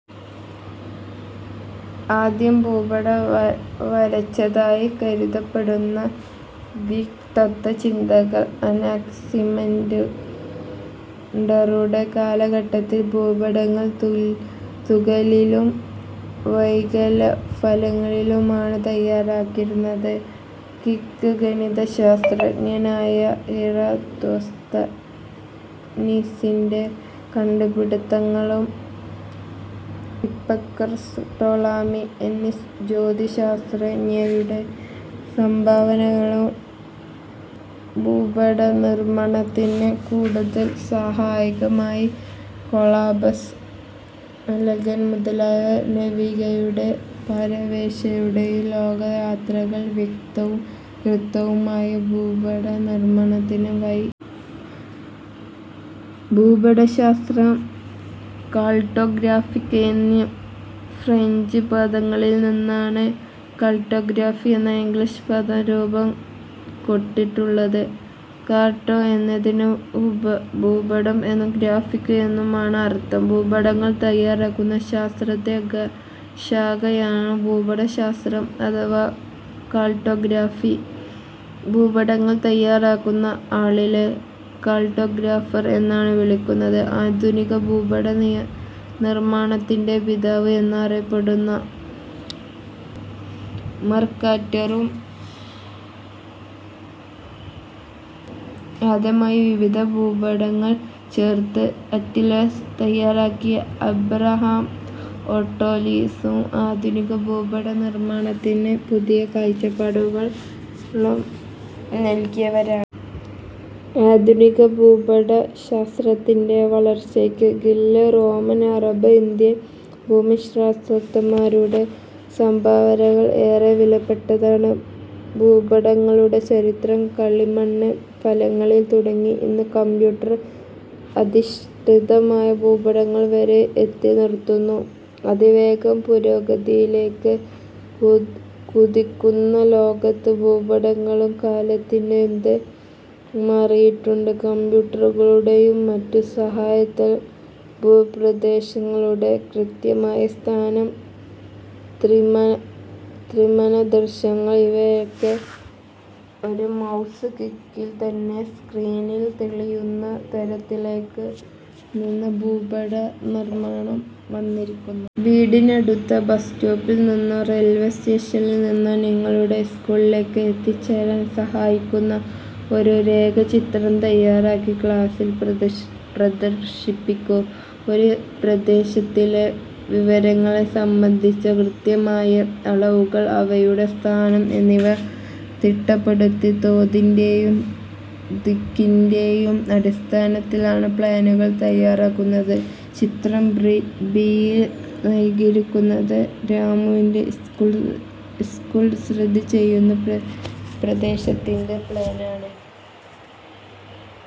ആദ്യം ഭൂപടം വരച്ചതായി കരുതപ്പെടുന്ന ഗ്രീക്ക് തത്വചിന്തകൻ അനക്സിമാൻഡറുടെ കാലഘട്ടത്തിൽ ഭൂപടങ്ങൾ തുകലിലും വൈകല ഫലകങ്ങളിലുമാണ് തയ്യാറാക്കിയിരുന്നത്. ഗിക്ക് ഗണിതശാസ്ത്രജ്ഞനായ ഇറാത്തോസ്തനീസിന്റെ കണ്ടുപിടുത്തങ്ങളും ഹിപ്പാർക്കസ്, ടോളമി എന്നീ ജ്യോതിശാസ്ത്രജ്ഞരുടെ സംഭാവനകളും ഭൂപടനിർമ്മാണത്തിന് കൂടുതൽ സഹായകമായി. കോളബസ്, മെഗലൻ മുതലായ നാവികയുടെ പാരവേശയുടെയും ലോകയാത്രകൾ വ്യക്തവും കൃത്യവുമായ ഭൂപടനിർമ്മാണത്തിന് വഴിതെളിച്ചു. ഭൂപടശാസ്ത്രം- കാൽട്ടോഗ്രാഫിക് ഗ്രാഫിക് എന്നീ ഫ്രഞ്ച് പദങ്ങളിൽ നിന്നാണ് കാർട്ടോഗ്രാഫി എന്ന ഇംഗ്ലീഷ് പദം രൂപംകൊണ്ടിട്ടുള്ളത്. കാർട്ടോ എന്നതിന് ഭൂപടം എന്നും ഗ്രാഫിക് എന്നുമാണ് അർഥം. ഭൂപടങ്ങൾ തയ്യാറാക്കുന്ന ശാസ്ത്രശാഖയാണ് ഭൂപടശാസ്ത്രം അഥവാ കാർട്ടോഗ്രാഫി. ഭൂപടങ്ങൾ തയ്യാറാക്കുന്ന ആളിനെ കാർട്ടോഗ്രാഫർ എന്നാണ് വിളിക്കുന്നത്. ആധുനിക ഭൂപടനിർമ്മാണത്തിന്റെ പിതാവ് എന്നറിയപ്പെടുന്ന മെർക്കാറ്ററും ആദ്യമായി വിവിധ ഭൂപടങ്ങൾ ചേർത്ത് "അറ്റ്ലസ്' തയ്യാറാക്കിയ എബ്രഹാം ഓർട്ടേലിയസും ആധുനിക ഭൂപടനിർമ്മാണത്തിന് പുതിയ കാഴ്ചപ്പാടുകൾ നൽകിയവരാണ്. ആധുനിക ഭൂപടശാസ്ത്രത്തിന്റെ വളർച്ചയിൽ ഗ്രീൽ, റോമൻ, അറബ്, ഇന്ത്യൻ ഭൂമിശാസ്ത്രകാരന്മാരുടെ സംഭാവനകൾ ഏറെ വിലപ്പെട്ടതാണ്. ഭൂപടങ്ങളുടെ ചരിത്രം കളിമൺ ഫലങ്ങളിൽ തുടങ്ങി ഇന്ന് കമ്പ്യൂട്ടർ അധിഷ്ഠിതമായ ഭൂപടങ്ങൾ വരെ എത്തിനിൽക്കുന്നു. അതിവേഗം പുരോഗതിയിലേക്ക് കുതിക്കുന്ന ലോകത്ത് ഭൂപടങ്ങളും കാലത്തിനത്ത് മാറിയിട്ടുണ്ട്. കമ്പ്യൂട്ടറുകളുടെയും മറ്റും സഹായത്താൽ ഭൂപ്രദേശങ്ങളുടെ കൃത്യമായ സ്ഥാനം, ത്രിമാനദൃശ്യങ്ങൾ ഇവയൊക്കെ ഒരു മൗസ് ക്ലിക്കിൽ തന്നെ സ്ക്രീനിൽ തെളിയുന്ന തരത്തിലേക്ക് ഇന്ന് ഭൂപടനിർമ്മാണം വളർന്നിരിക്കുന്നു. വീടിനടുത്ത ബസ്സ് സ്റ്റോപ്പിൽ നിന്നോ റെയിൽവെ സ്റ്റേഷനിൽനിന്നോ നിങ്ങളുടെ സ്കൂളിലേക്ക് എത്തിച്ചേരാൻ സഹായിക്കുന്ന ഒരു രേഖാചിത്രം തയ്യാറാക്കി ക്ലാസിൽ പ്രദർശിപ്പിക്കൂ. ഒരു പ്രദേശത്തിലെ വിവരങ്ങളെ സംബന്ധിച്ച കൃത്യമായ അളവുകൾ, അവയുടെ സ്ഥാനം എന്നിവ തിട്ടപ്പെടുത്തി തോതിന്റെയും ദിക്കിന്റെയും അടിസ്ഥാനത്തിലാണ് പ്ലാനുകൾ തയ്യാറാക്കുന്നത്. ചിത്രം ബി യിൽ നൽകിയിരിക്കുന്നത് രാമുവിന്റെ സ്കൂൾ സ്ഥിതിചെയ്യുന്ന പ്രദേശത്തിന്റെ പ്ലാനാണ്.